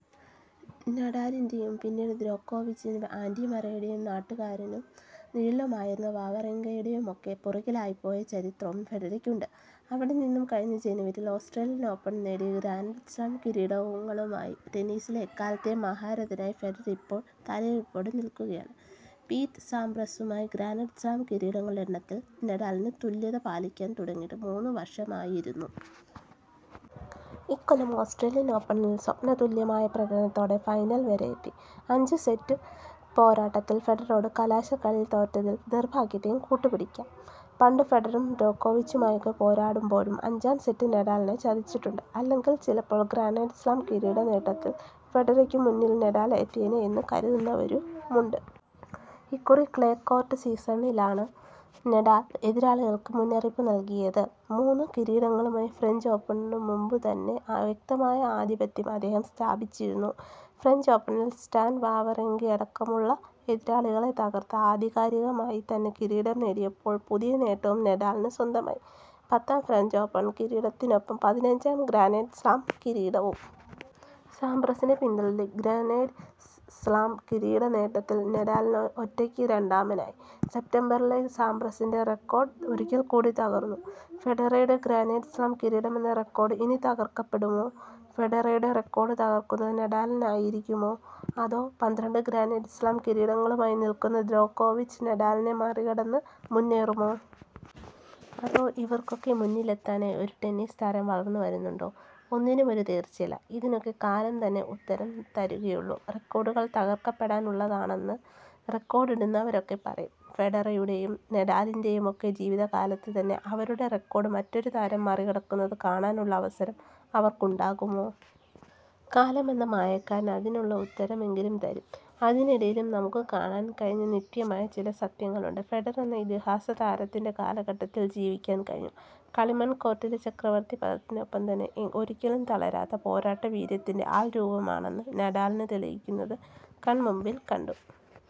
നഡാലിന്റെയും പിന്നീട് ദ്യോകോവിച്ചിന്റെയും ആന്ഡി മറേയുടെയും നാട്ടുകാരനും നിഴലുമായിരുന്ന വാവറിങ്കയുടെയുമൊക്കെ പുറകിലായിപ്പോയ ചരിത്രവും ഫെഡറര്ക്കുണ്ട്. അവിടെ നിന്നും കഴിഞ്ഞ ജനവരിയില് ഓസ്ട്രേലിയന് ഓപ്പണ് നേടി ഗ്രാന്ഡ് സ്ലാം കിരീടങ്ങളുമായി ടെന്നീസിലെ എക്കാലത്തെയും മഹാരഥനായി ഫെഡറര് ഇപ്പോള് തലയെടുപ്പോടെ നില്ക്കുകയാണ്. പീറ്റ് സാംപ്രസുമായി ഗ്രാന്ഡ് സ്ലാം കിരീടങ്ങളുടെ എണ്ണത്തില് നഡാല് തുല്യത പാലിക്കാന് തുടങ്ങിയിട്ട് മൂന്ന് വര്ഷമായിരുന്നു. ഇക്കൊല്ലം ഓസ്ട്രേലിയന് ഓപ്പണിലെ സ്വപ്നതുല്യമായ പ്രകടനത്തോടെ ഫൈനല് വരെയെത്തി. അഞ്ചു സെറ്റു പോരാട്ടത്തില് ഫെഡററോട് കലാശക്കളിയില് തോറ്റതില് നിര്ഭാഗ്യത്തെയും കൂട്ടു പിടിക്കാം. പണ്ടും ഫെഡററും ദ്യോകോവിച്ചുമായുമൊക്കെ പോരാടുമ്പോഴും അഞ്ചാം സെറ്റ് നഡാലിനെ ചതിച്ചിട്ടുണ്ട്. അല്ലെങ്കില് ചിലപ്പോള് ഗ്രാന്ഡ് സ്ലാം കിരീട നേട്ടത്തില് ഫെഡറര്ക്കും മുന്നില് നഡാല് എത്തിയേനേ എന്നു കരുതുന്നുവരുമുണ്ട്. ഇക്കുറി ക്ലേ കോര്ട്ട് സീസണിലാണ് നഡാല് എതിരാളികള്ക്ക് മുന്നറിയിപ്പു നല്കിയത്. മൂന്നു കിരീടങ്ങളുമായി ഫ്രഞ്ച് ഓപ്പണു മുമ്പു തന്നെ വ്യക്തമായ ആധിപത്യം അദ്ദേഹം സ്ഥാപിച്ചിരുന്നു. ഫ്രഞ്ച് ഓപ്പണില് സ്റ്റാന് വാവറിങ്കയടക്കമുളള എതിരാളികളെ തകർത്ത് ആധികാരികമായി തന്നെ കിരീടം നേടിയപ്പോള് പുതിയ നേട്ടങ്ങളും നഡാലിന് സ്വന്തമായി. പത്താം ഫ്രഞ്ച് ഓപ്പണ് കിരീടത്തിനൊപ്പം പതിനഞ്ചാം ഗ്രാന്ഡ് സ്ലാം കിരീടവും. സാംപ്രസിനെ പിന്തള്ളി ഗ്രാന്ഡ് സ്ലാം കിരീട നേട്ടത്തില് നഡാല് ഒറ്റയ്ക്ക് രണ്ടാമാനായി. സെപ്തംബറിലെ സാംപ്രസിന്റെ റെക്കോഡ് ഒരിക്കൽക്കൂടി തകർന്നു. ഫെഡററുടെ ഗ്രാന്ഡ് സ്ലാം കിരീടമെന്ന റെക്കോഡ് ഇനി തകർക്കപ്പെടുമോ. ഫെഡററുടെ റെക്കോഡ് തകർക്കുന്നത് നഡാലായിരിക്കുമോ. അതോ പന്ത്രണ്ട് ഗ്രാന്ഡ് സ്ലാം കിരീടങ്ങളുമായി നില്ക്കുന്ന ദ്യോകോവിച്ച് നഡാലിനെ മറികടന്ന് മുന്നേറുമോ. അതോ ഇവർക്കൊക്കെ മുന്നിലെത്താനായി ഒരു ടെന്നീസ് താരം വളർന്നു വരുന്നുണ്ടോ. ഒന്നിനും ഒരു തീർച്ചയില്ല. ഇതിനൊക്കെ കാലം തന്നെ ഉത്തരം തരുകയേ ഉള്ളൂ. റെക്കോഡുകൾ തകർക്കപ്പെടാനുള്ളതാണെന്ന് റെക്കോഡിടുന്നവരൊക്കെ പറയും. ഫെഡററുടെയും നഡാലിന്റെയുമൊക്കെ ജീവിത കാലത്ത് തന്നെ അവരുടെ റെക്കോഡ് മറ്റൊരു താരം മറികടക്കുന്നതു കാണാനുള്ള അവസരം അവർക്കുണ്ടാകുമോ. കാലമെന്ന മായക്കാരൻ അതിനുള്ള ഉത്തരം എന്നെങ്കിലും തരും. അതിനിടയിലും നമുക്കു കാണാന് കഴിഞ്ഞ നിത്യമായ ചില സത്യങ്ങളുണ്ട്. ഫെഡററെന്ന ഇതിഹാസ താരത്തിന്റെ കാലഘട്ടത്തില് ജീവിക്കാൻ കഴിഞ്ഞു. കളിമണ് കോർട്ടിലെ ചക്രവർത്തി പദത്തിനൊപ്പം തന്നെ ഒരിക്കലും തളരാത്ത പോരാട്ട വീര്യത്തിന്റെ ആൾ രൂപമാണെന്ന് നഡാൽ തെളിയിക്കുന്നത് കണ്മുമ്പില് കണ്ടു.